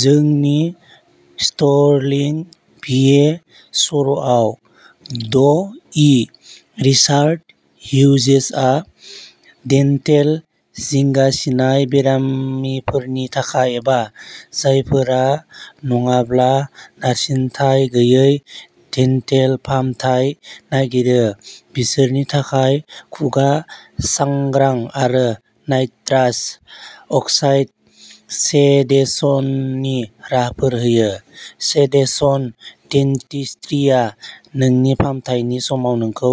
जोंनि स्टर्लिंग, भिए, सर'आव, ड. इ. रिचार्ड हिउजेसआ डेन्टेल जिंगासिनाय बेरामिफोरनि थाखाय एबा जायफोरा नङाब्ला नारसिनथाय गैयै डेन्टेल फाहामथाय नागिरो बिसोरनि थाखाय खुगा सांग्रां आरो नाइट्रास अक्साइड सेडेशननि राहाफोर होयो। सेडेशन डेन्टिस्ट्रीया नोंनि फाहामथायनि समाव नोंखौ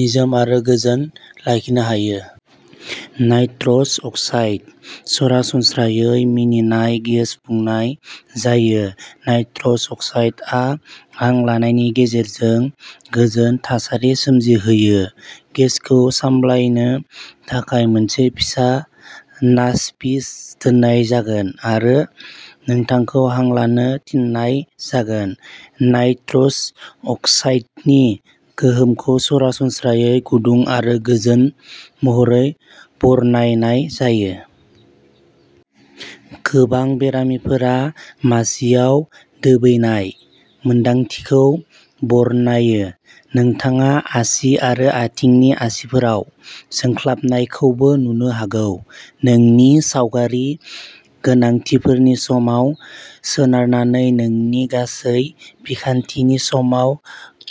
निजोम आरो गोजोन लाखिनो हायो। नाइट्रस अक्साइडः सरासनस्रायै मिनिनाय गेस बुंनाय जायो, नाइट्रस अक्साइडआ हां लानायनि गेजेरजों गोजोन थासारि सोमजिहोयो। गेसखौ सामलायनो थाखाय, मोनसे फिसा नासपिच दोननाय जागोन, आरो नोंथांखौ हां लानो थिननाय जागोन। नाइट्रस अक्साइडनि गोहोमखौ सरासनस्रायै गुदुं आरो गोजोन महरै बरनायनाय जायो। गोबां बेरामिफोरा मासिआव "दोबैनाय" मोन्दांथिखौ बरनायो। नोंथाङा आसि आरो आथिंनि आसिफोराव जोंख्लाबनायखौबो नुनो हागौ। नोंनि गावारि गोनांथिफोरनि सायाव सोनारनानै नोंनि गासै बिखान्थिनि समाव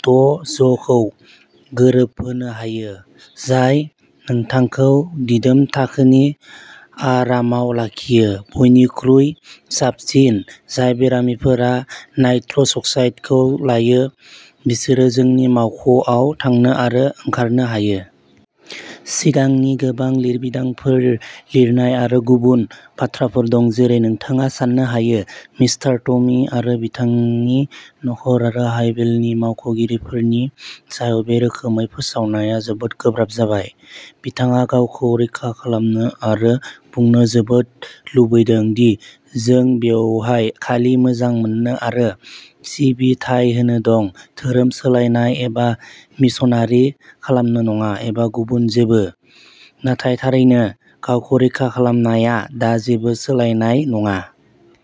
द'जखौ गोरोबहोनो हायो, जाय नोंथांखौ दिदोम थाखोनि आरामाव लाखियो। बयनिख्रुइ साबसिन, जाय बेरामिफोरा नाइट्रस अक्साइडखौ लायो, बिसोरो जोंनि मावख'आव थांनो आरो ओंखारनो हायो। सिगांनि गोबां लिरबिदांफोर लिरनाय आरो गुबुन बाथ्राफोर दं। जेरै नोंथाङा सान्नो हायो, मिस्टार टमी आरो बिथांनि नखर आरो हायभेलनि मावख'गिरिफोरनि सायाव बे रोखोमै फोसावनाया जोबोद गोब्राब जाबाय। बिथाङा गावखौ रैखा खालामनो आरो बुंनो जोबोद लुबैदों दि जों बेवहाय खालि मोजां मोननो आरो सिबिथाइ होनो दं-"धोरोम सोलायनाय" एबा मिशनारि खालामनो नङा, एबा गुबुन जेबो। नाथाय थारैनो, गावखौ रैखा खालामनाया दा जेबो सोलायनाय नङा।